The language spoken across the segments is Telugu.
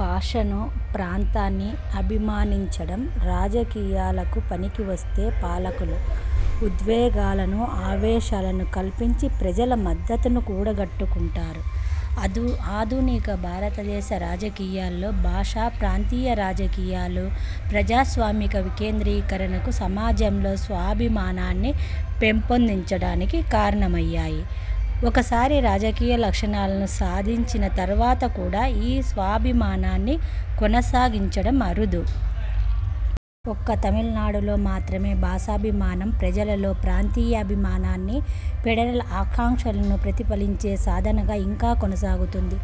భాషను, ప్రాంతాన్ని అభిమానించడం రాజకీయాలకు పనికివస్తే పాలకులు, ఉద్వేగాలను, ఆవేశాలను కల్పించి ప్రజల మద్దతును కూడగట్టుకుంటారు. ఆధునిక భారతదేశ రాజకీయాలలో భాషాప్రాంతీయ రాజకీయాలు ప్రజాస్వామిక కేంద్రీకరణకు, సమాజంలో స్వాభిమానాన్ని పెంపొందించడానికి కారణమయ్యాయి. ఒకసారి రాజకీయ లక్ష్యాలను సాధించిన తరువాత కూడా ఇ స్వాభిమానాన్ని కొనసాగించడం అరుదు. ఒక్క తమిళనాడులో మాత్రమే భాషాభిమానం ప్రజలలో ప్రాంతీయాభిమానాన్ని, ఫెడరల్ ఆకాంక్షలను ప్రతిఫలించే సాధనంగా ఇంకా కొనసాగుతున్నది.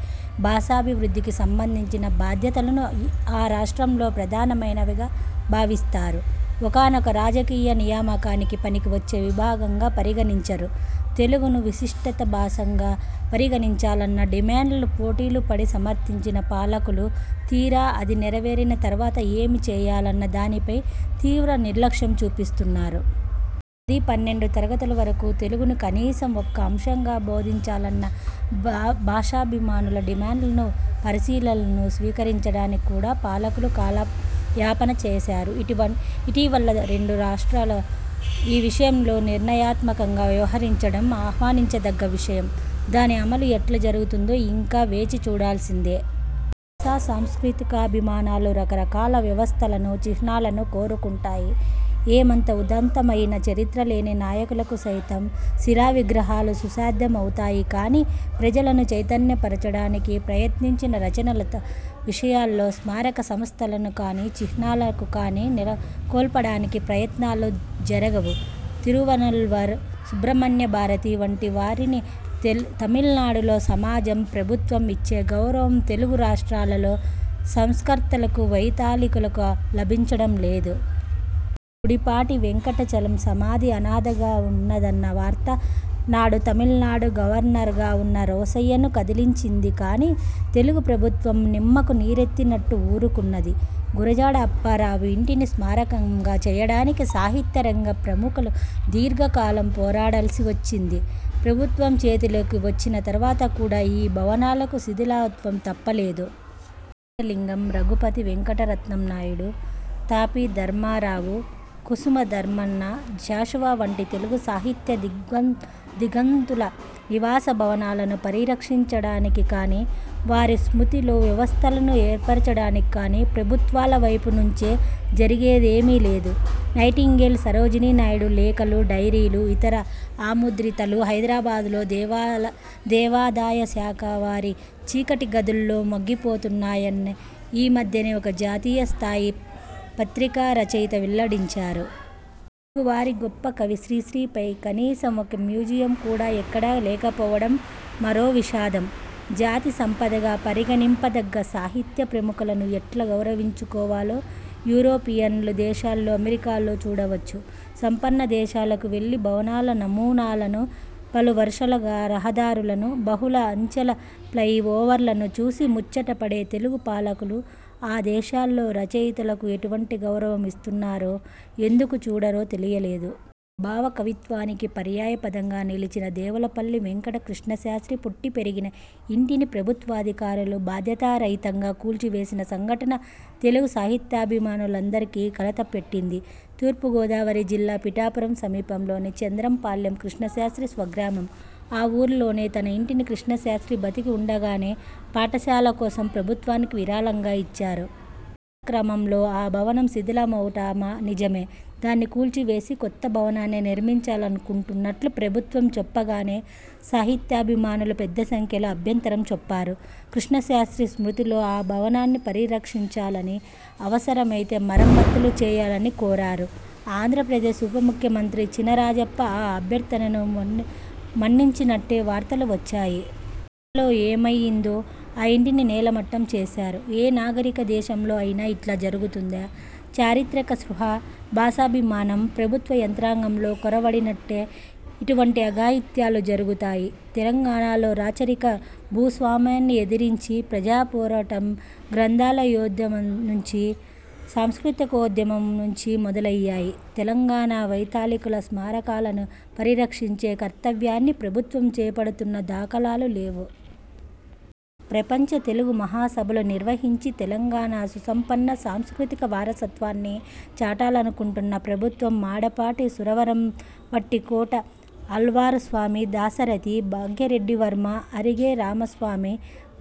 భాషాభివృద్ధికి సంబంధించిన బాధ్యతలను ఆ రాష్ట్రంలో ప్రధానమైనవిగా భావిస్తారు. ఒకానొక రాజకీయ నియామకానికి పనికివచ్చే విభాగంగా పరిగణించరు. తెలుగును విశిష్టథా భాషగా పరిగణించాలన్న డిమాండ్ను పోటీలుపడి సమర్థించిన పాలకులు, తీరా అది నెరవేరిన తరువాత ఏమి చేయాలన్న దానిపై తీవ్రనిర్లక్ష్యం చూపిస్తున్నారు. పది, పన్నెండు తరగతుల వరకు తెలుగును కనీసం ఒక అంశంగా బోధించాలన్న భాషాభిమానుల డిమాండ్ను పరిశీలన లాను స్వీకరించడానికి కూడా పాలకులు కాలయాపన చేశారు. ఇటీవల రెండు తెలుగు రాష్ట్రాలు ఈ విషయంలో నిర్ణయాత్మకంగా వ్యవహరించడం ఆహ్వానించదగ్గ విషయం. దాని అమలు ఎట్లా జరుగుతుందో ఇంకా వేచి చూడవలసిందే. భాషా సాంస్కృతికాభిమానాలు రకరకాల వ్యవస్థలను, చిహ్నాలను కోరుకుంటాయి. ఏమంత ఉదాత్తమయిన చరిత్రలేని నాయకులకు సైతం శిలావిగ్రహాలు సుసాధ్యమవుతాయి కానీ, ప్రజలను చైతన్యపరచడానికి ప్రయత్నించిన రచయితల విషయంలో స్మారక సంస్థలను కానీ, చిహ్నాలను కానీ నెలకొల్పడానికి ప్రయత్నాలు జరగవు. తిరువళ్లువర్, సుబ్రహ్మణ్యభారతి వంటి వారికి తమిళనాడులో సమాజం, ప్రభుత్వం ఇచ్చే గౌరవం తెలుగు రాష్ట్రాలలో సంస్కర్తలకు, వైతాళికులకు లభించడం లేదు. గుడిపాటి వెంకటచలం సమాధి అనాథగా ఉన్నదన్న వార్త, నాడు తమిళనాడు గవర్నర్గా ఉన్న రోశయ్యను కదిలించింది కానీ, తెలుగు ప్రభుత్వం నిమ్మకు నీరెత్తినట్టు ఊరుకున్నది. గురజాడ అప్పారావు ఇంటిని స్మారకంగా చేయడానికి సాహిత్యరంగ ప్రముఖులు దీర్ఘకాలం పోరాడవలసి వచ్చింది. ప్రభుత్వం చేతిలోకి వచ్చిన తరువాత కూడా ఇ భవనానికి శిథిలత్వం తప్పలేదు. వీరేశలింగం, రఘుపతి వెంకటరత్నం నాయుడు, తాపీధర్మారావు, కుసుమధర్మన్న, షాషువా వంటి తెలుగు సాహిత్య దిగ్దంతుల నివాసభవనాలను పరిరక్షించడానికి కానీ, వారి స్మృతిలో వ్యవస్థలను ఏర్పరచడానికి కానీ ప్రభుత్వాలవైపు నుంచి జరిగినదేమీ లేదు. నైటింగేల్ సరోజినీ నాయుడు లేఖలు, డైరీలు, ఇతర అముద్రితాలు హైదరాబాద్లో దేవాదాయశాఖవారి చీకటి గదుల్లో మగ్గిపోతున్నాయని ఈ మధ్యనే ఒక జాతీయస్థాయి పత్రికారచయిత వెల్లడించారు. తెలుగువారి గొప్ప కవి శ్రీశ్రీ పై కనీసం ఒక మ్యూజియం కూడా ఎక్కడా లేకపోవడం మరో విషాదం. జాతి సంపదగా పరిగణించదగ్గ సాహిత్య ప్రముఖులను ఎట్లా గౌరవించుకోవాలో, యూరోపియన్ దేశాల్లో, అమెరికాలో చూడవచ్చు. సంపన్న దేశాలకు వెళ్లి భవనాల నమూనాలను, పలువరుసల రహదారులను, బహుళ అంచెల ఫ్లయి ఓవర్లను చూసి ముచ్చటపడే తెలుగు పాలకులు, ఆ దేశాల్లో రచయితలకు ఎటువంటి గౌరవం ఇస్తున్నారో ఎందుకు చూడరో తెలియ లేదు. భావకవిత్వానికి పర్యాయపదంగా నిలిచిన దేవులపల్లి వేంకట కృష్ణశాస్త్రి పుట్టిపెరిగిన ఇంటిని ప్రభుత్వాధికారులు బాధ్యతారహితంగా కూల్చివేసిన సంఘటన తెలుగు సాహిత్యాభిమానులందరినీ కలతపెట్టింది. తూర్పుగోదావరి జిల్లా పిఠాపురం సమీపంలోని చంద్రంపాలెం కృష్ణశాస్త్రి స్వగ్రామం. ఆ ఊర్లోని తన ఇంటిని కృష్ణశాస్త్రి బతికి ఉండగానే పాఠశాల కోసం ప్రభుత్వానికి విరాళంగా ఇచ్చారు. కాలక్రమంలో ఆ భవనం శిథిలమవుతమా నిజమే. దాన్ని కూల్చివేసి, కొత్త భవనాన్ని నిర్మించాలనుకుంటున్నట్టు ప్రభుత్వం చెప్పగానే, సాహిత్యాభిమానులు పెద్దసంఖ్యలో అభ్యంతరం చెప్పారు. కృష్ణశాస్త్రి స్మృతిలో ఆ భవనాన్ని పరిరక్షించాలని, అవసరమైతె మరమ్మత్తులు చేయాలని కోరారు. ఆంధ్రప్రదేశ్ ఉపముఖ్యమంత్రి చినరాజప్ప ఆ అభ్యర్థనను మన్నించినట్టే వార్తలు వచ్చాయి. ఇంతలో ఏమయిందో, ఆ ఇంటిని నేలమట్టం చేశారు. ఏ నాగరికదేశంలో అయినా ఇట్లా జరుగుతుందా? చారిత్రక స్పృహ, భాషాభిమానం ప్రభుత్వయంత్రాంగంలో కొరవడినప్పుడే ఇటువంటి అఘాయిత్యాలు జరుగుతాయి. తెలంగాణలో రాచరిక భూస్వామ్యాన్ని ఎదిరించి ప్రజాపోరాటాలు గ్రంథాలయోద్యమం నుంచి, సాంస్కృతికోద్యమం నుంచి మొదలయ్యాయి. తెలంగాణ వైతాళికుల స్మారకాలను పరిరక్షించే కర్తవ్యాన్ని ప్రభుత్వం చేపడుతున్న దాఖలాలు లేవు. ప్రపంచ తెలుగు మహాసభలు నిర్వహించి, తెలంగాణ సుసంపన్న సాంస్కృతిక వారసత్వాన్ని చాటాలనుకుంటున్న ప్రభుత్వం మాడపాటి, సురవరం, వట్టికోట ఆళ్వారుస్వామి, దాశరథి, భాగ్యరెడ్డివర్మ, అరిగే రామస్వామి,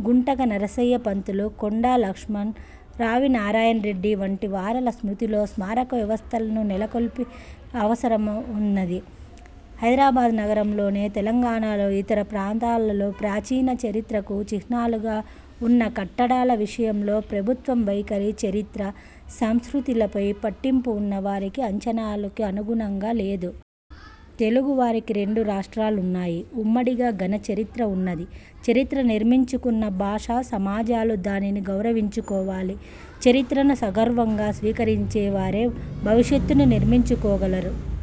గుంటక నరసయ్య పంతులు, కొండాలక్ష్మణ్, రావినారాయణరెడ్డి వంటి వారల స్మృతిలో స్మారక వ్యవస్థలను నెలకొల్పవలసిన అవసరం ఉన్నది. హైదరాబాద్ నగరంలోను, తెలంగాణలోని ఇతర ప్రాంతాలలో ప్రాచీన చరిత్రకు చిహ్నాలుగా ఉన్న కట్టడాల విషయంలో ప్రభుత్వం వైఖరి, చరిత్ర, సంస్కృతిలపై పట్టింపు ఉన్నవారి ఆంచనాలకు అనుగుణంగా లేదు. తెలుగువారికి రెండు రాష్ట్రాలున్నాయి. ఉమ్మడిగా ఘనచరిత్ర ఉన్నది. చరిత్ర నిర్మించుకున్న భాషాసమాజాలు దానిని గౌరవించుకోవాలి. చరిత్రను సగౌరవంగా స్వీకరించేవారే భవిష్యత్తునూ నిర్మించుకోగలరు.